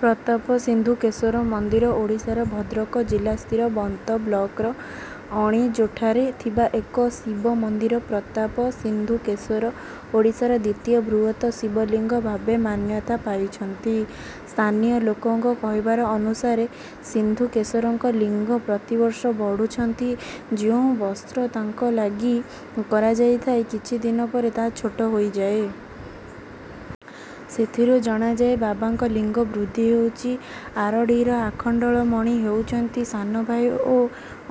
ପ୍ରତାପ ସିନ୍ଧୁକେଶ୍ୱର ମନ୍ଦିର ଓଡ଼ିଶାର ଭଦ୍ରକ ଜିଲ୍ଲାସ୍ଥିତ ବନ୍ତ ବ୍ଲକର ଅଣିଜୋଠାରେ ଥିବା ଏକ ଶିବ ମନ୍ଦିର। ପ୍ରତାପ ସିନ୍ଧୁକେଶ୍ୱର ଓଡ଼ିଶାର ଦ୍ୱିତୀୟ ବୃହତ ଶିବଲିଙ୍ଗ ଭାବେ ମାନ୍ୟତା ପାଇଛନ୍ତି। ସ୍ଥାନୀୟ ଲୋକଙ୍କ କହିବା ଅନୁସାରେ ସିନ୍ଧୁକେଶ୍ୱରଙ୍କ ଲିଙ୍ଗ ପ୍ରତିବର୍ଷ ବଢୁଛନ୍ତି। ଯେଉଁ ବସ୍ତ୍ର ତାଙ୍କୁ ଲାଗି କରାଯାଇଥାଏ, କିଛି ଦିନ ପରେ ତାହା ଛୋଟ ହୋଇଯାଏ। ସେଥିରୁ ଜଣାଯାଏ ବାବାଙ୍କ ଲିଙ୍ଗ ବୃଦ୍ଧି ହେଉଛି। ଆରଡ଼ିର ଆଖଣ୍ଡଳମଣି ହେଉଛନ୍ତି ସାନଭାଇ ଓ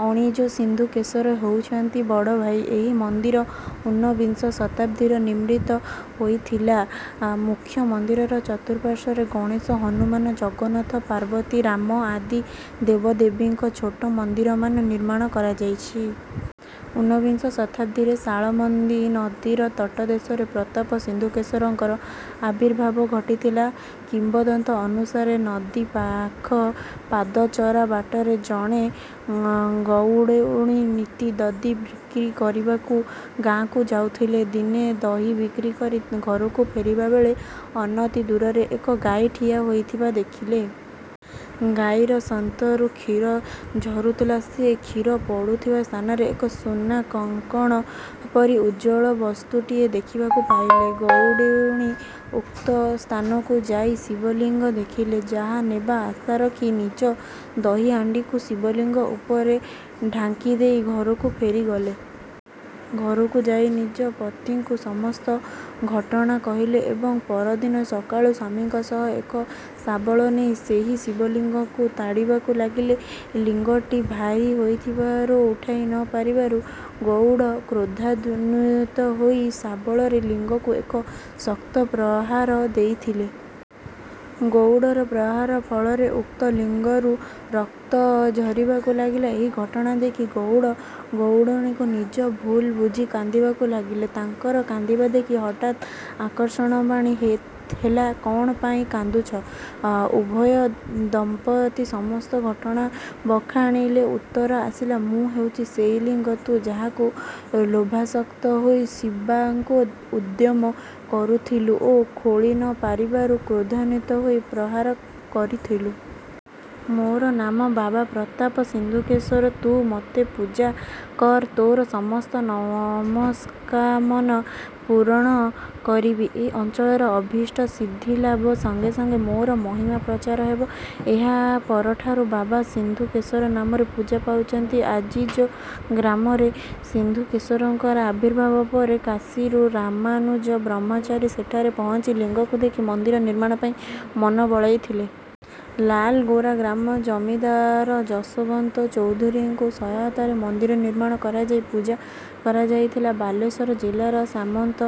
ଅଣିଜୋ ସିନ୍ଧୁକେଶ୍ୱର ହେଉଛନ୍ତି ବଡ଼ଭାଇ। ଏହି ମନ୍ଦିର ଉନବିଂଶ ଶତାବ୍ଦୀରେ ନିର୍ମିତ ହୋଇଥିଲା। ମୁଖ୍ୟ ମନ୍ଦିରର ଚତୁଃପାର୍ଶ୍ୱରେ ଗଣେଶ, ହନୁମାନ, ଜଗନ୍ନାଥ, ପାର୍ବତୀ, ରାମ ଆଦି ଦେବଦେବୀଙ୍କ ଛୋଟ ମନ୍ଦିରମାନ ନିର୍ମାଣ କରାଯାଇଛି। ଉନବିଂଶ ଶତାବ୍ଦୀରେ ସାଳନ୍ଦୀ ନଦୀର ତଟଦେଶରେ ପ୍ରତାପ ସିନ୍ଧୁକେଶ୍ୱରଙ୍କ ଆବିର୍ଭାବ ଘଟିଥିଲା। କିମ୍ବଦନ୍ତୀ ଅନୁସାରେ, ନଦୀ ପାଖ ପାଦଚଲା ବାଟରେ ଜଣେ ଗଉଡ଼ୁଣୀ ନିତି ଦହି ବିକ୍ରି କରିବାକୁ ଗାଁକୁ ଯାଉଥିଲେ। ଦିନେ ଦହି ବିକ୍ରି କରି ଘରକୁ ଫେରିବା ବେଳେ ଅନତି ଦୂରରେ ଏକ ଗାଈ ଠିଆ ହୋଇଥିବା ଦେଖିଲେ। ଗାଈର ସ୍ତନରୁ କ୍ଷୀର ଝରୁଥିଲା। ସେ କ୍ଷୀର ପଡ଼ୁଥିବା ସ୍ଥାନରେ ଏକ ସୁନା କଙ୍କଣ ପରି ଉଜ୍ଜ୍ୱଳ ବସ୍ତୁଟିଏ ଦେଖିବାକୁ ପାଇଲେ। ଗଉଡ଼ୁଣୀ ଉକ୍ତ ସ୍ଥାନକୁ ଯାଇ ଶିବଲିଙ୍ଗ ଦେଖିଲେ। ଏହାକୁ ନେବା ଆଶା ରଖି ନିଜ ଦହି ହାଣ୍ଡିକୁ ଶିବଲିଙ୍ଗ ଉପରେ ଢାଙ୍କିଦେଇ ଘରକୁ ଫେରିଗଲେ। ଘରକୁ ଯାଇ ନିଜ ପତିଙ୍କୁ ସମସ୍ତ ଘଟଣା କହିଲେ ଏବଂ ପରଦିନ ସକାଳୁ ସ୍ୱାମୀଙ୍କ ସହ ଏକ ଶାବଳ ନେଇ ସେହି ଶିବଲିଙ୍ଗକୁ ତାଡ଼ିବାକୁ ଲାଗିଲେ। ଲିଙ୍ଗଟି ଭାରୀ ହୋଇଥିବାରୁ ଉଠାଇ ନ ପାରିବାରୁ ଗଉଡ଼ କ୍ରୋଧାନ୍ୱିତ ହୋଇ ଶାବଳରେ ଲିଙ୍ଗକୁ ଏକ ଶକ୍ତ ପ୍ରହାର ଦେଇଥିଲେ। ଗଉଡ଼ର ପ୍ରହାର ଫଳରେ ଉକ୍ତ ଲିଙ୍ଗରୁ ରକ୍ତ ଝରିବାକୁ ଲାଗିଲା। ଏହି ଘଟଣା ଦେଖି ଗଉଡ଼-ଗଉଡ଼ୁଣୀ ନିଜର ଭୁଲ ବୁଝି କାନ୍ଦିବାକୁ ଲାଗିଲେ। ତାଙ୍କର କାନ୍ଦିବା ଦେଖି ହଠାତ ଆକାଶବାଣୀ ହେଲା, କ'ଣ ପାଇଁ କାନ୍ଦୁଛ?। ଉଭୟ ଦମ୍ପତି ସମସ୍ତ ଘଟଣା ବଖାଣିଲେ। ଉତ୍ତର ଆସିଲା, "ମୁଁ ହେଉଛି ସେହି ଲିଙ୍ଗ, ତୁ ଯାହାକୁ ଲୋଭାସକ୍ତ ହୋଇ ନେବାକୁ ଉଦ୍ୟମ କରୁଥିଲୁ ଓ ଖୋଳି ନ ପାରିବାରୁ କ୍ରୋଧାନ୍ୱିତ ହୋଇ ପ୍ରହାର କରିଥିଲୁ। ମୋର ନାମ ବାବା ପ୍ରତାପ ସିନ୍ଧୁକେଶ୍ୱର। ତୁ ମୋତେ ପୂଜା କର, ତୋର ସମସ୍ତ ମନସ୍କାମନା ପୂର୍ଣ୍ଣ କରିବି। ଏ ଅଞ୍ଚଳର ଅଭୀଷ୍ଟ ସିଦ୍ଧିଲାଭ ସଙ୍ଗେ ସଙ୍ଗେ ମୋର ମହିମା ପ୍ରଚାର ହେବ। ଏହା ପରଠାରୁ ବାବା ସିନ୍ଧୁକେଶ୍ୱର ନାମରେ ପୂଜା ପାଉଛନ୍ତି ଅଣିଜୋ ଗ୍ରାମରେ। ସିନ୍ଧୁକେଶ୍ୱରଙ୍କ ଆବିର୍ଭାବ ପରେ କାଶୀରୁ ରାମାନୁଜ ବ୍ରହ୍ମଚାରୀ ସେଠାରେ ପହଞ୍ଚି ଲିଙ୍ଗକୁ ଦେଖି ମନ୍ଦିର ନିର୍ମାଣ ପାଇଁ ମନ ବଳାଇଥିଲେ। ଲାଲଗୋରା ଗ୍ରାମର ଜମିଦାର ଯଶୋବନ୍ତ ଚୌଧୁରୀଙ୍କ ସହାୟତାରେ ମନ୍ଦିର ନିର୍ମାଣ କରାଯାଇ ପୂଜା କରାଯାଇଥିଲା। ବାଲେଶ୍ୱର ଜିଲ୍ଲାର ସାମନ୍ତ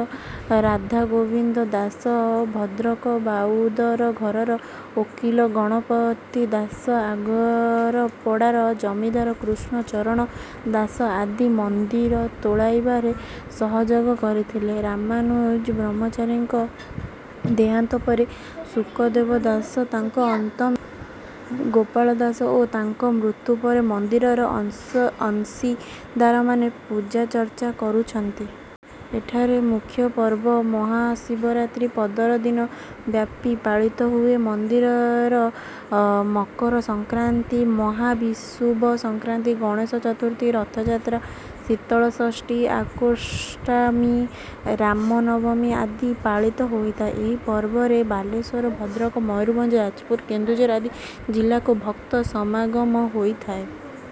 ରାଧାଗୋବିନ୍ଦ ଦାସ, ଭଦ୍ରକ ବାଉଦଘରର ଓକିଲ ଗଣପତି ଦାସ, ଆଗରପଡ଼ାର ଜମିଦାର କୃଷ୍ଣ ଚରଣ ଦାସ ଆଦି ମନ୍ଦିର ତୋଳାଇବାରେ ସହଯୋଗ କରିଥିଲେ। ରାମାନୁଜ ବ୍ରହ୍ମଚାରୀଙ୍କ ଦେହାନ୍ତ ପରେ ଶୁକଦେବ ଦାସ, ତାଙ୍କ ଅନ୍ତେ ଗୋପାଳ ଦାସ ଓ ତାଙ୍କ ମୃତ୍ୟୁ ପରେ ମନ୍ଦିରର ଅଂଶ ଅଂଶୀଦାରମାନେ ପୂଜାର୍ଚ୍ଚନା କରୁଛନ୍ତି। ଏଠାରେ ମୁଖ୍ୟପର୍ବ ମହାଶିବରାତ୍ରି ପନ୍ଦର ଦିନ ବ୍ୟାପୀ ପାଳିତ ହୁଏ। ମନ୍ଦିରରେ ମକର ସଂକ୍ରାନ୍ତି, ମହାବିଷୁବ ସଂକ୍ରାନ୍ତି, ଗଣେଶ ଚତୁର୍ଥୀ, ରଥଯାତ୍ରା, ଶୀତଳ ଷଷ୍ଠୀ, ଅଶୋକାଷ୍ଟମୀ, ରାମ ନବମୀ ଆଦି ପାଳିତ ହୋଇଥାଏ। ଏହି ପର୍ବରେ ବାଲେଶ୍ୱର, ଭଦ୍ରକ, ମୟୂରଭଞ୍ଜ, ଯାଜପୁର, କେନ୍ଦୁଝର ଆଦି ଜିଲ୍ଲାରୁ ଭକ୍ତ ସମାଗମ ହୋଇଥାଏ।